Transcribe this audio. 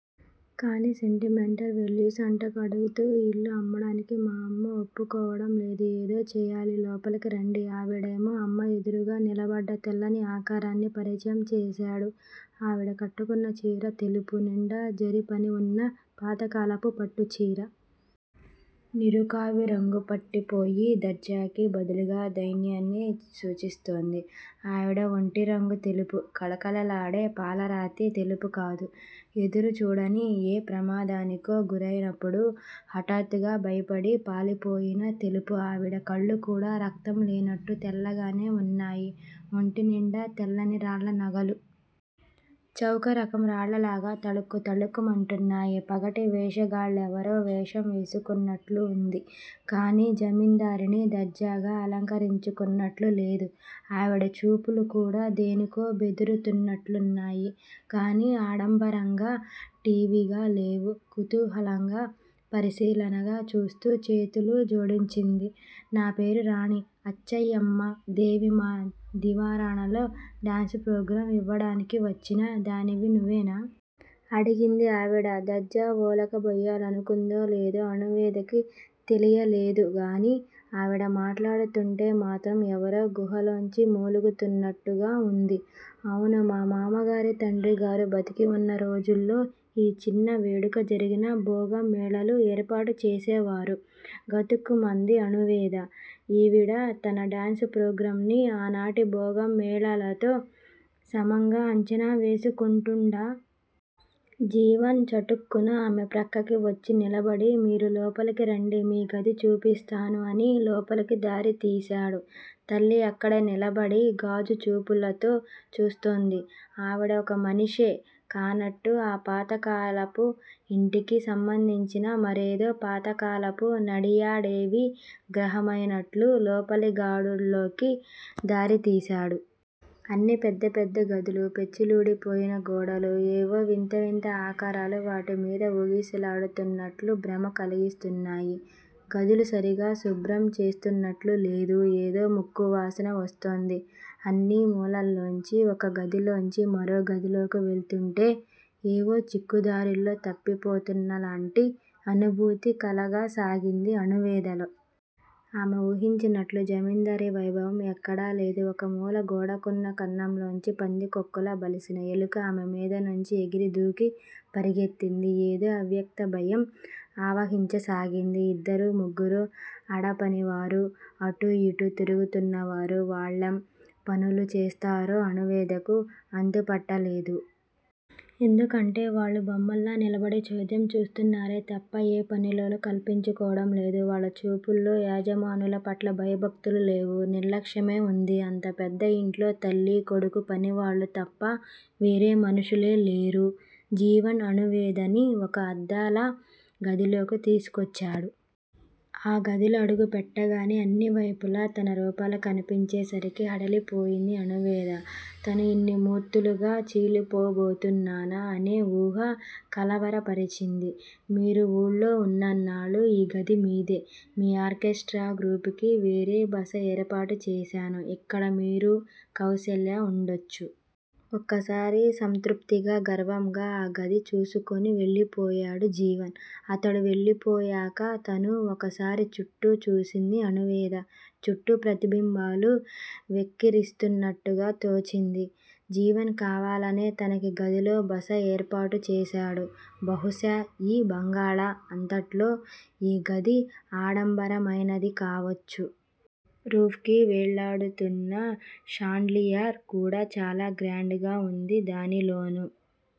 కాని sentimental values అంటగడుతూ ఈ ఇల్లు అమ్మడానికి మా అమ్మ వొప్పుకోవడం లేదు. ఏదో చెయ్యాలి లోపలికి రండి ఆవిడేమో అమ్మ ఎదురుగా నిలబడ్డ తెల్లని ఆకారాన్ని పరిచయం చేశాడు ఆవిడ కట్టుకున్న చీర తెలుపు. నిండా జరి పని వున్న పాతకాలపు పట్టు చీర. నిరుకావి రంగుపట్టి పోయి దర్జాకి బదులుగా దైన్యాన్ని సూచిస్తోంది. ఆవిడ వొంటి రంగు తెలుపు కళకళలాడే పాలరాతి తెలుపు కాదు. ఎదురుచూడని ఏ ప్రమాదానికో గురైనప్పుడు హటాత్తుగా భయపడి పాలిపోయిన తెలుపు ఆవిడ కళ్ళు కూడా రక్తం లేనట్టు తెల్లగానే వున్నాయి. వొంటి నిండా తెల్లని రాళ్ళ నగలు. చౌకరకం రాళ్ళలాగా తళుక్కు తళుక్కు మంటున్నాయి. పగటి వేషగాళ్ళేవరో వేషం వేసుకున్నట్లువుంది గానీ జమిందారిణి దర్జాగా అలంకరించుకున్నట్లు లేదు. ఆవిడ చూపులు కూడా దేనికో బెడురుతున్నట్లున్నాయి గాని, ఆడంబరంగా, ఠీవిగా లేవు కుతూహలంగా పరిశీలనగా చూస్తూ చేతులు జోడించింది. నాపేరు రాణి అచ్చయ్యమ్మా దేవి మా దివాణాలో డాన్సు ప్రోగ్రాం ఇవడానికి వచ్చిన దానివి నువేనా? అడిగింది ఆవిడ. దర్జా వోలకబోయ్యాలనుకుందో లేదో అణువేదకి తెలియలేదు గాని ఆవిడ మాట్లాడుతుంటే మాత్రం ఎవరో గుహలోంచి మూలుగుతున్నట్టుగా వుంది. అవును మా మామగారి తండ్రిగారు బతికి వున్న రోజుల్లో యి చిన్న వేడుక జరిగినా భోగం మేళాలు ఏర్పాటు చేసేవారు. గతుక్కుమంది అణువేద. ఈవిడ తన డాన్సు ప్రోగ్రాంని ఆనాటి బోగం మేళాలతో సమంగా అంచనా వేసుకుంటుండా? జీవన్ చటుక్కున ఆమె ప్రక్కకి వొచ్చి నిలబడి మీరు లోపలికి రండి మీ గది చూపిస్తాను అని లోపలికి దారి తీశాడు. తల్లి అక్కడే నిలబడి గాజు చూపులతో చూస్తోంది. ఆవిడ ఒకమనిషె కానట్టు ఆ పాతకాలపు యింటికి సంబంధించిన మరేదో పాతకాలపు నడియాడేవి గ్రహమైనట్లు లోపలిగాడుల్లోకి దారి తీశాడు. అన్నీ పెద్ద పెద్ద గదులు, పెచ్చులుడిపోయిన గోడలు యేవో వింత వింత ఆకారాలు వాటి మీద ఊగిసలాడుతున్నట్లు భ్రమ కలిగిస్తున్నాయి. గదులు సరిగా శుభ్రం చేస్తున్నట్లు లేదు. ఏదో ముక్కు వాసన వొస్తోంది అన్నీ ములల్లోంచి. ఒక గదిలోంచి మరో గదిలోకి వెళ్తుంటే ఏవో చిక్కు దారుల్లో తప్పిపోతున్నలాంటి అనుభూతి కలగాసాగింది అణువేదలో. ఆమె ఊహించినట్లు జమిందారీ వైభవం ఎక్కడా లేదు. ఒక మూల గోడ కున్న కన్నంలోంచి పందికోక్కులా బలిసిన ఎలుక ఆమె మీద నుంచి ఎగిరి దూకి పరిగెత్తింది. ఏదో అవ్యక్త భయం ఆవహించసాగింది. ఇద్దరు ముగ్గురూ అడపనివారు అటూ ఇటూ తిరుగుతున్నారు వాళ్ళెం పనులు చేస్తారో అణువేదకు అంతుపట్టలేదు. ఎందుకంటే వాళ్ళు బొమ్మల్లా నిలబడి చోద్యం చూస్తున్నారే తప్ప ఏ పనిలోనూ కల్పించుకోవడం లేదు. వాళ్ళ చూపుల్లో యజమానుల పట్ల భయభక్తులు లేవు. నిర్లక్ష్యమే వుంది. అంత పెద్ద యింట్లో తల్లి కొడుకు పనివాళ్ళు తప్ప వేరే మనుషులే లేరు. జీవన్ అణువేదని ఒక అద్దాల గదిలోకి తీసుకొచ్చాడు. ఆ గదిలో అడుగు పెట్టగానే అన్నీ వైపులా తన రూపాలు కనిపించే సరికి హడలిపోయింది అణువేద. తను ఇన్ని మూర్తులుగా చిలీపోబోతున్నానా- అనే వూహ కలవరపరిచింది. మీరి వూళ్ళో వున్నన్నాళ్ళు ఈ గది మీదే. మీ ఆర్కెస్ట్రా గ్రూపుకి వేరే బస ఏర్పాటు చేశాను. ఇక్కడ మీరు కౌసల్య వుండొచ్చు. ఒక్కసారి సంతృప్తిగా గర్వంగా ఆ గది చూసుకొని వెళ్లిపోయాడు జీవన్. అతడు వెళ్ళిపోయాక తనూ ఒకసారి చుట్టూ చూసింది అణువేద. చుట్టూ ప్రతిబింబాలు వెక్కిరిస్తున్నట్టుగా తోచింది. జీవన్ కావాలనే తనకి గదిలో బస యేర్పాటు చేశాడు. బహుశా యీ బంగాళా అంతట్లో యీ గది ఆడంబరమైనది కావచ్చు. రూఫ్ కి వెళ్ళాడుతున్న షాండ్లియర్ కూడా చాలా గ్రాండ్ గా వుంది. దానిలోనూ